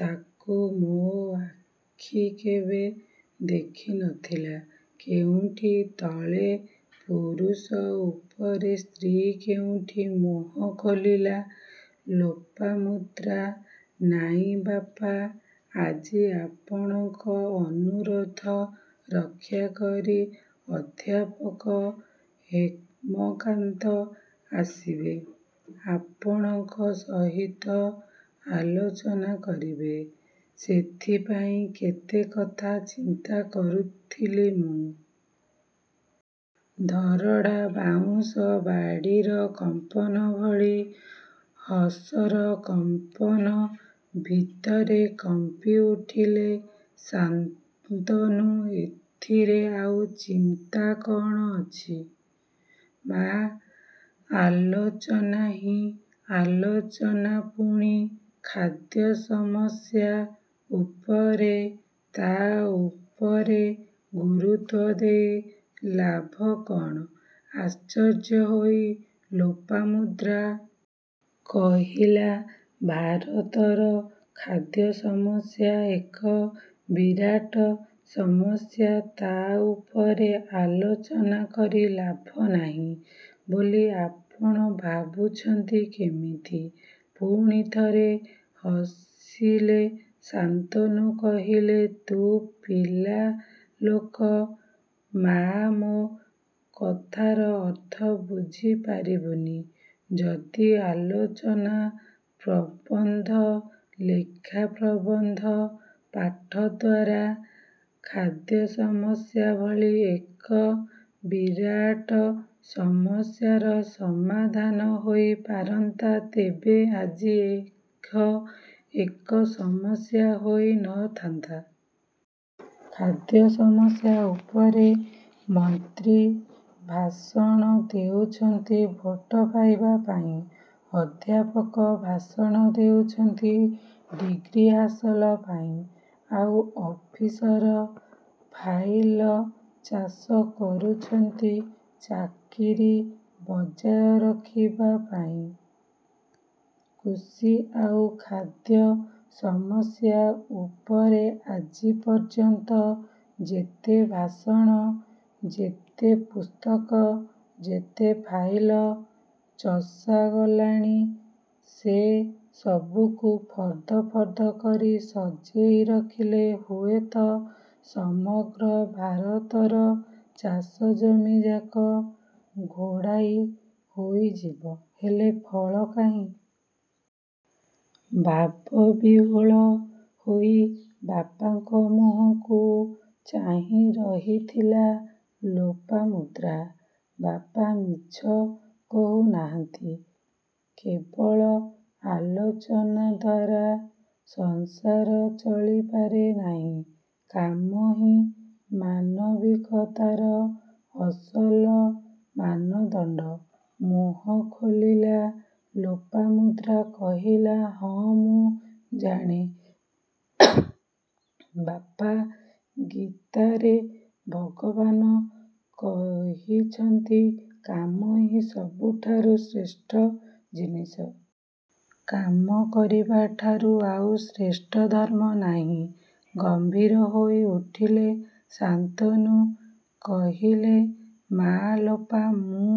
ତାକୁ ମୋ ଆଖି କେବେ ଦେଖି ନ ଥିଲା। କେଉଁଠି ତଳେ ପୁରୁଷ ଉପରେ ସ୍ତ୍ରୀ, କେଉଁଠି। ମୁହଁ ଖୋଲିଲା ଲୋପାମୁଦ୍ରା। ''ନାଇଁ ବାପା, ଆଜି ଆପଣଙ୍କ ଅନୁରୋଧ ରକ୍ଷାକରି ଅଧ୍ୟାପକ ହେମକାନ୍ତ ଆସିବେ। ଆପଣଙ୍କ ସହିତ ଆଲୋଚନା କରିବେ। ସେଥିପାଇଁ କେତେ କଥା ଚିନ୍ତା କରୁଥିଲି ମୁଁ। '' ଧରଡ଼ା ବାଉଁଶ ବାଡ଼ିର କମ୍ପନ ଭଳି ହସର କମ୍ପନ ଭିତରେ କମ୍ପିଉଠିଲେ ଶାନ୍ତନୁ ''ଏଥିରେ ଆଉ ଚିନ୍ତା କ'ଣ ଅଛି ମା। ଆଲୋଚନା ହିଁ ଆଲୋଚନା। ପୁଣି ଖାଦ୍ୟ ସମସ୍ୟା ଉପରେ। ତା' ଉପରେ ଗୁରୁତ୍ୱ ଦେଇ ଲାଭ କ'ଣ। '' ଆଶ୍ଚର୍ଯ୍ୟ ହୋଇ ଲୋପାମୁଦ୍ରା। କହିଲା ''ଭାରତର ଖାଦ୍ୟ ସମସ୍ୟା ଏକ ବିରାଟ ସମସ୍ୟା। ତା ଉପରେ ଆଲୋଚନା କରି ଲାଭ ନାହିଁ ବୋଲି ଆପଣ ଭାବୁଛନ୍ତି କେମିତି? '' ପୁଣି ଥରେ ହସିଲେ ଶାନ୍ତନୁ କହିଲେ ''ତୁ ପିଲାଲୋକ ମାଆ ମୋ କଥାର ଅର୍ଥ ବୁଝି ପାରିବୁନି। ଯଦି ଆଲୋଚନା, ପ୍ରବନ୍ଧ, ଲେଖା ପ୍ରବନ୍ଧ ପାଠ ଦ୍ୱାରା ଖାଦ୍ୟ ସମସ୍ୟା ଭଳି ଏକ ବିରାଟ ସମମ୍ୟାର ସମାଧାନ ହୋଇ ପାରନ୍ତା, ତେବେ ଆଜି ଏଖ ଏକ ସମସ୍ୟା ହୋଇ ନ ଥାନ୍ତା। ଖାଦ୍ୟ ସମସ୍ୟା ଉପରେ ମନ୍ତ୍ରୀ ଭାଷଣ ଦେଉଛନ୍ତି ଭୋଟ ପାଇବା ପାଇଁ। ଅଧ୍ୟାପକ ଭାଷଣ ଦେଉଛନ୍ତି ଡିଗ୍ରୀ ହାସଲ ପାଇଁ। ଆଉ ଅଫିସର ଫାଇଲ ଚାଷ କରୁଛନ୍ତି ଚାକିରୀ ବଜାୟ ରଖିବ ପାଇଁ। କୃଷି ଆଉ ଖାଦ୍ୟ ସମସ୍ୟା ଉପରେ ଆଜି ପର୍ଯ୍ୟନ୍ତ ଯେତେ ଭାଷଣ, ଯେତେ ପୁସ୍ତକ, ଯେତେ ଫାଇଲ ଚଷାଗଲାଣି ସେ ସବୁକୁ ଫର୍ଦ ଫର୍ଦ କରି ସଜେଇ ରଖିଲେ ହୁଏତ ସମଗ୍ର ଭାରତର ଚାଷ ଜମି ଯାକ ଘୋଡ଼ାଇ ହୋଇଯିବ, ହେଲେ ଫଳ କାହିଁ? '' ଭାବ ବିହ୍ୱଳ ହୋଇ ବାପାଙ୍କ ମୁହଁକୁ ଚାହିଁ ରହିଥିଲା ଲୋପାମୁଦ୍ରା। ବାପା ମିଛ କହୁ ନାହାନ୍ତି। କେବଳ ଆଲୋଚନା ଦ୍ୱାରା ସଂସାର ଚଳିପାରେ ନାହିଁ। କାମ ହିଁ ମାନବିକତାର ଅସଲ ମାନଦଣ୍ଡ। ମୁହଁ ଖୋଲିଲା ଲୋପାମୁଦ୍ରା, କହିଲା ହଁ, ମୁଁ ଜାଣେ ବାପା, ଗୀତାରେ ଭଗବାନ କହିଛନ୍ତି କାମ ହିଁ ସବୁଠାରୁ ଶ୍ରେଷ୍ଠ ଜିନିଷ। କାମ କରିବା ଠାରୁ ଆଉ ଶ୍ରେଷ୍ଠ ଧର୍ମ ନାହିଁ। ଗମ୍ଭୀର ହୋଇ ଉଠିଲେ ଶାନ୍ତନୁ, କହିଲେ ମାଆ ଲୋପା ମୁଁ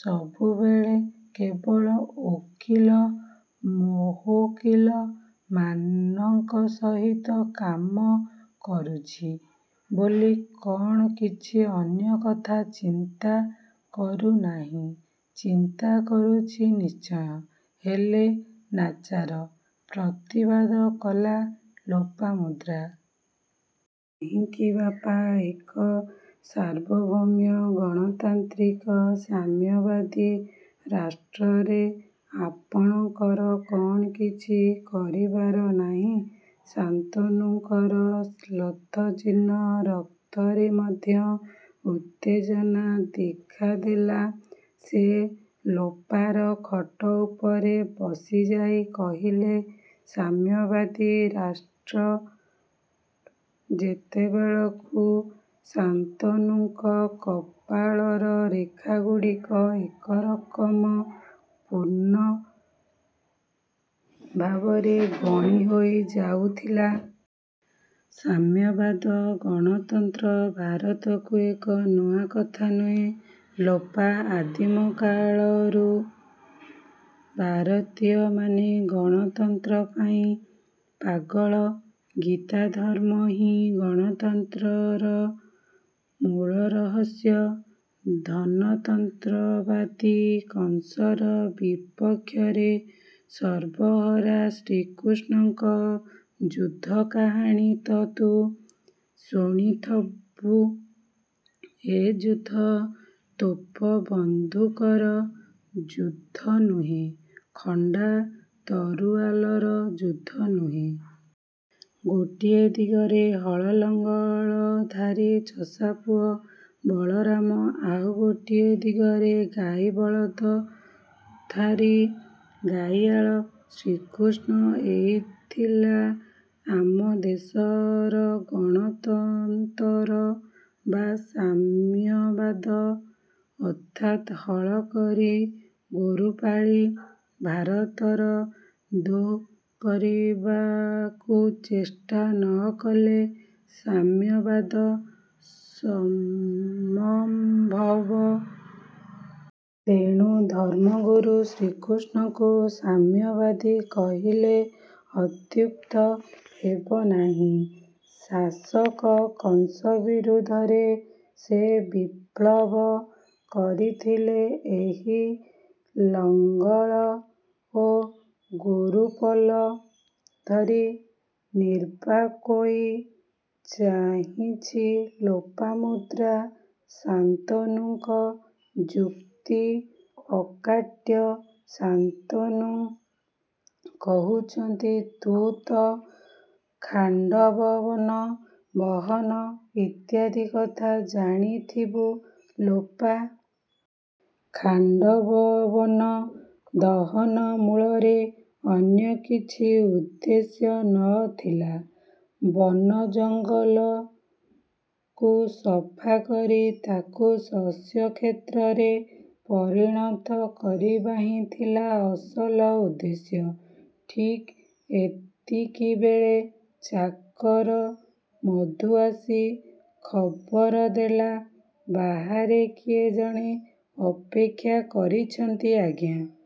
ସବୁବେଳେ କେବଳ ଓକିଲ ମହୋକିଲ ମାନଙ୍କ ସହିତ କାମ କରୁଛି ବୋଲି କ'ଣ କିଛି ଅନ୍ୟ କଥା ଚିନ୍ତା କରୁନାହିଁ? ଚିନ୍ତା କରୁଛି ନିଶ୍ଚୟ, ହେଲେ ନାଚାର ପ୍ରତିବାଦ କଲା ଲୋପାମୁଦ୍ରା। ''କାହିଁକି ବାପା ଏକ ସାର୍ବଭୌମ ଗଣତାନ୍ତ୍ରିକ ସାମ୍ୟବାଦୀ ରାଷ୍ଟ୍ରରେ ଆପଣଙ୍କର କ'ଣ କିଛି କରିବାର ନାହିଁ? '' ଶାନ୍ତନୁଙ୍କର ଶ୍ଳଥ ଜୀର୍ଣ୍ଣ ରକ୍ତରେ ମଧ୍ୟ ଉତ୍ତେଜନା ଦେଖା ଦେଲା। ସେ ଲୋପାର ଖଟ ଉପରେ ବସିଯାଇ କହିଲେ ''ସାମ୍ୟବାଦୀ ରାଷ୍ଟ? '' ସେତେବେଳକୁ ଶାନ୍ତନୁଙ୍କ କପାଳର ରେଖାଗୁଡ଼ିକ ଏକରକମ ପୂର୍ଣ୍ଣ ଭାବରେ ଗଣି ହୋଈ ଯାଉଥିଲା। ''ସାମ୍ୟବାଦ ଗଣତନ୍ତ୍ର ଭାରତକୁ ଏକ ନୂଆ କଥା ନୂହେଁ ଲୋପା। ଆଦିମ କାଳରୁ ଭାରତୀୟମାନେ ଗଣତନ୍ତ୍ର ପାଇଁ ପାଗଳ। ଗୀତା ଧର୍ମ ହିଁ ଗଣତନ୍ତ୍ରର ମୂଳ ରହସ୍ୟ। ଧନତନ୍ତ୍ରବାଦୀ କଂସର ବିପକ୍ଷରେ ସର୍ବହରା ଶ୍ରୀକୃଷ୍ଣଙ୍କ ଯୁଦ୍ଧ କାହାଣୀ ତ' ତୁ ଶୁଣିଥବୁ। ଏ ଯୁଦ୍ଧ ତୋପ ବନ୍ଧୁକର ଯୁଦ୍ଧ ନୁହେଁ, ଖଣ୍ଡା ତରୁଆଲର ଯୁଦ୍ଧ ନୁହେଁ। ଗୋଟିଏ ଦିଗରେ ହଳ ଲଙ୍ଗଳ ଧାରୀ ଚଷାପୁଅ ବଳରାମ, ଆଉ ଗୋଟାଏ ଦିଗରେ ଗାଇ ବଳଦ ଧାରୀ ଗାଇଆଳ ଶ୍ରୀକୃଷ୍ଣ। ଏଇ ଥିଲା ଆମ ଦେଶର ଗଣତନ୍ତର ବା ସାମ୍ୟବାଦ, ଅର୍ଥାତ୍ ହଳ କରି ଗୋରୁ ପାଳି ଭାରତର ଦୁଃ କରିବାକୁ ଚେଷ୍ଟା ନ କଲେ ସାମ୍ୟବାଦ ସମମ୍ଭବ। ତେଣୁ ଧର୍ମଗୁରୁ ଶ୍ରୀକୃଷ୍ଣଙ୍କୁ ସାମ୍ୟବାଦୀ କହିଲେ ଅତ୍ୟୁକ୍ତ ହେବନାହିଁ। ଶାସକ କଂସ ବିରୁଦ୍ଧରେ ସେ ବିପ୍ଳବ କରିଥିଲେ ଏହି ଲଙ୍ଗଳ ଓ ଗୋରୁପଲ ଧରି। '' ନିର୍ବାକ୍ହୋଇ ଚାହିଁଛି ଲୋପାମୁଦ୍ରା। ଶାନ୍ତନୁଙ୍କ ଯୁକ୍ତି ଅକାଟ୍ୟ। ଶାନ୍ତନୁ କହୁଛନ୍ତି ''ତୁ ତ' ଖାଣ୍ଡବ ବନ ଦହନ ଇତ୍ୟାଦି କଥା ଜାଣି ଥିବୁ ଲୋପା? ଖାଣ୍ଡବ ବନ ଦହନ ମୂଳରେ ଅନ୍ୟ କିଛି ଉଦ୍ଦେଶ୍ୟ ନ ଥିଲା। ବନ ଜଙ୍ଗଲକୁ ସଫା କରି ତାକୁ ଶସ୍ୟ କ୍ଷେତ୍ରରେ ପରିଣତ କରିବା ହିଁ ଥିଲା ଅସଲ ଉଦ୍ଦେଶ୍ୟ। '' ଠିକ୍ଏତିକିବେଳେ ଚାକର ମଧୁ ଆସି ଖବର ଦେଲା ''ବାହାରେ କିଏ ଜଣେ ଅପେକ୍ଷା କରିଛନ୍ତି ଆଜ୍ଞା।